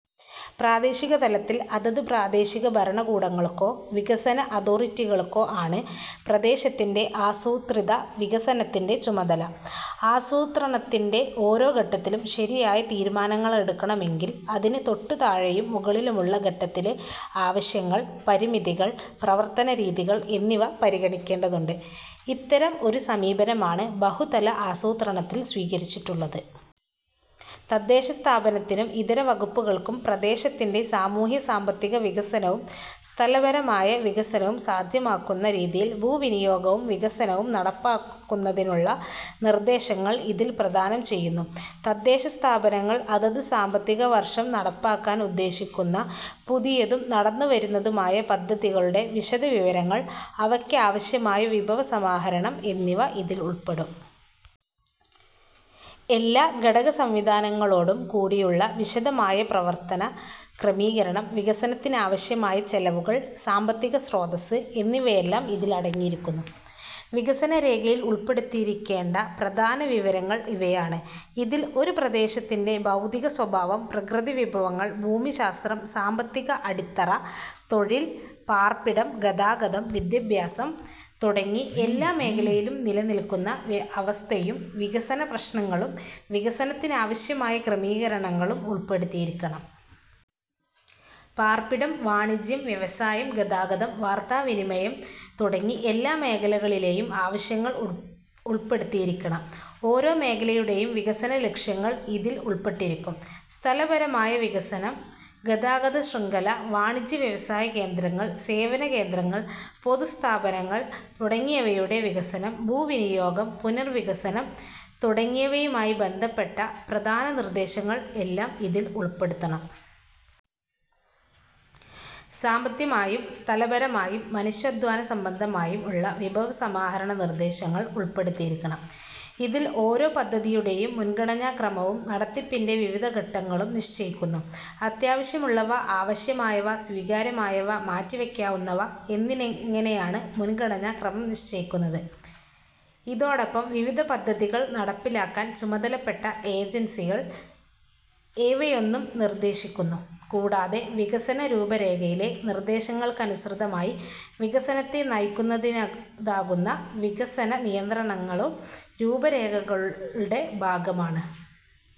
പ്രാദേശിക തലത്തിൽ അതത് പ്രാദേശിക ഭരണകൂടങ്ങൾക്കോ വികസന അതോറിറ്റികൾക്കോ ആണ് പ്രദേശത്തിന്റെ ആസൂത്രിത വികസനത്തിന്റെ ചുമതല. ആസൂത്രണത്തിന്റെ ഓരോ ഘട്ടത്തിലും ശരിയായ തീരുമാനങ്ങളെടുക്കണമെങ്കിൽ അതിന് തൊട്ടുതാഴെയും മുകളിലുമുള്ള ഘട്ടത്തിലെ ആവശ്യങ്ങൾ, പരിമിതികൾ, പ്രവർത്തന രീതികൾ എന്നിവ പരിഗണിക്കേണ്ടതുണ്ട്. ഇത്തരം ഒരു സമീപനമാണ് ബഹുതല ആസൂത്രണത്തിൽ സ്വീകരിച്ചിട്ടുള്ളത്. തദ്ദേശസ്ഥാപനത്തിനും ഇതര വകുപ്പുകൾക്കും പ്രദേശത്തിന്റെ സാമൂഹ്യ-സാമ്പത്തിക വികസനവും സ്ഥലപരമായ വികസനവും സാധ്യമാക്കുന്ന രീതിയിൽ ഭൂവിനിയോഗവും വികസനവും നടപ്പാക്കുന്നതിനുള്ള നിർദ്ദേശങ്ങൾ ഇതിൽ പ്രദാനം ചെയ്യുന്നു. തദ്ദേശസ്ഥാപനങ്ങൾ അതത് സാമ്പത്തിക വർഷം നടപ്പാക്കാൻ ഉദ്ദേശിക്കുന്ന പുതിയതും നടന്നുവരുന്നതുമായ പദ്ധതികളുടെ വിശദവിവരങ്ങൾ, അവയ്ക്കാവശ്യമായ വിഭവ സമാഹരണം എന്നിവ ഇതിൽ ഉൾപ്പെടും. എല്ലാ ഘടകസംവിധാനങ്ങളോടും കൂടിയുള്ള വിശദമായ പ്രവർത്തന ക്രമീകരണം, വികസനത്തിനാവശ്യമായ ചെലവുകൾ, സാമ്പത്തിക സ്രോതസ്സ്, എന്നിവയെല്ലാം ഇതിൽ അടങ്ങിയിരിക്കുന്നു. വികസന രേഖയിൽ ഉൾപ്പെടുത്തിയിരിക്കേണ്ട പ്രധാന വിവരങ്ങൾ ഇവയാണ്. ഇതിൽ ഒരു പ്രദേശത്തിന്റെ ഭൌതികസ്വഭാവം, പ്രകൃതിവിഭവങ്ങൾ, ഭൂമിശാസ്ത്രം, സാമ്പത്തിക അടിത്തറ, തൊഴിൽ, പാർപ്പിടം, ഗതാഗതം, വിദ്യാഭ്യാസം, ആരോഗ്യം തുടങ്ങി എല്ലാ മേഖലയിലും നിലനില്ക്കുന്ന അവസ്ഥയും വികസനപ്രശ്നങ്ങളും വികസനത്തിനാവശ്യമായ ക്രമീകരണങ്ങളും ഉൾപ്പെടുത്തിയിരിക്കണം. പാർപ്പിടം, വാണിജ്യം, വ്യവസായം, ഗതാഗതം, വാർത്താവിനിമയം തുടങ്ങി എല്ലാ മേഖലകളിലെയും ആവശ്യങ്ങൾ ഉൾപ്പെടുത്തിയിരിക്കണം. ഓരോ മേഖലയുടെയും വികസനലക്ഷ്യങ്ങൾ ഇതിൽ ഉൾപ്പെട്ടിരിക്കും. സ്ഥലപരമായ വികസനം, ഗതാഗത ശൃംഖല, വാണിജ്യ വ്യവസായ കേന്ദ്രങ്ങൾ, സേവനകേന്ദ്രങ്ങൾ, പൊതു സ്ഥാപനങ്ങൾ തുടങ്ങിയവയുടെ വികസനം; ഭൂവിനിയോഗം; പുനർവികസനം തുടങ്ങിയവയുമായി ബന്ധപ്പെട്ട പ്രധാന നിർദ്ദേശങ്ങൾ എല്ലാം ഇതിൽ ഉൾപ്പെടുത്തണം. സാമ്പത്തിമായും സ്ഥലപരമായും മനുഷ്യാധ്വാനസംബന്ധമായും ഉള്ള വിഭവ സമാഹരണനിർദ്ദേശങ്ങൾ ഉൾപ്പെടുത്തിയിരിക്കണം. ഇതിൽ ഓരോ പദ്ധതിയുടെയും മുൻഗണനാക്രമവും നടത്തിപ്പിന്റെ വിവിധ ഘട്ടങ്ങളും നിശ്ചയിക്കുന്നു. അത്യാവശ്യമുള്ളവ, ആവശ്യമായവ, സ്വീകാര്യമായവ, മാറ്റിവയ്ക്കാവുന്നവ എന്നിങ്ങനെയാണ് മുൻഗണനാ ക്രമം നിശ്ചയിക്കുന്നത്. ഇതൊടൊപ്പം വിവിധ പദ്ധതികൾ നടപ്പിലാക്കാൻ ചുമതലപ്പെട്ട ഏജൻസികൾ ഏവയെന്നും നിർദ്ദേശിക്കുന്നു. കൂടാതെ വികസനരൂപരേഖയിലെ നിർദ്ദേശങ്ങൾക്കനുസൃതമായി വികസനത്തെ നയിക്കുന്നതിനുതകുന്ന വികസന നിയന്ത്രണങ്ങളും രൂപരേഖകളുടെ ഭാഗമാണ്.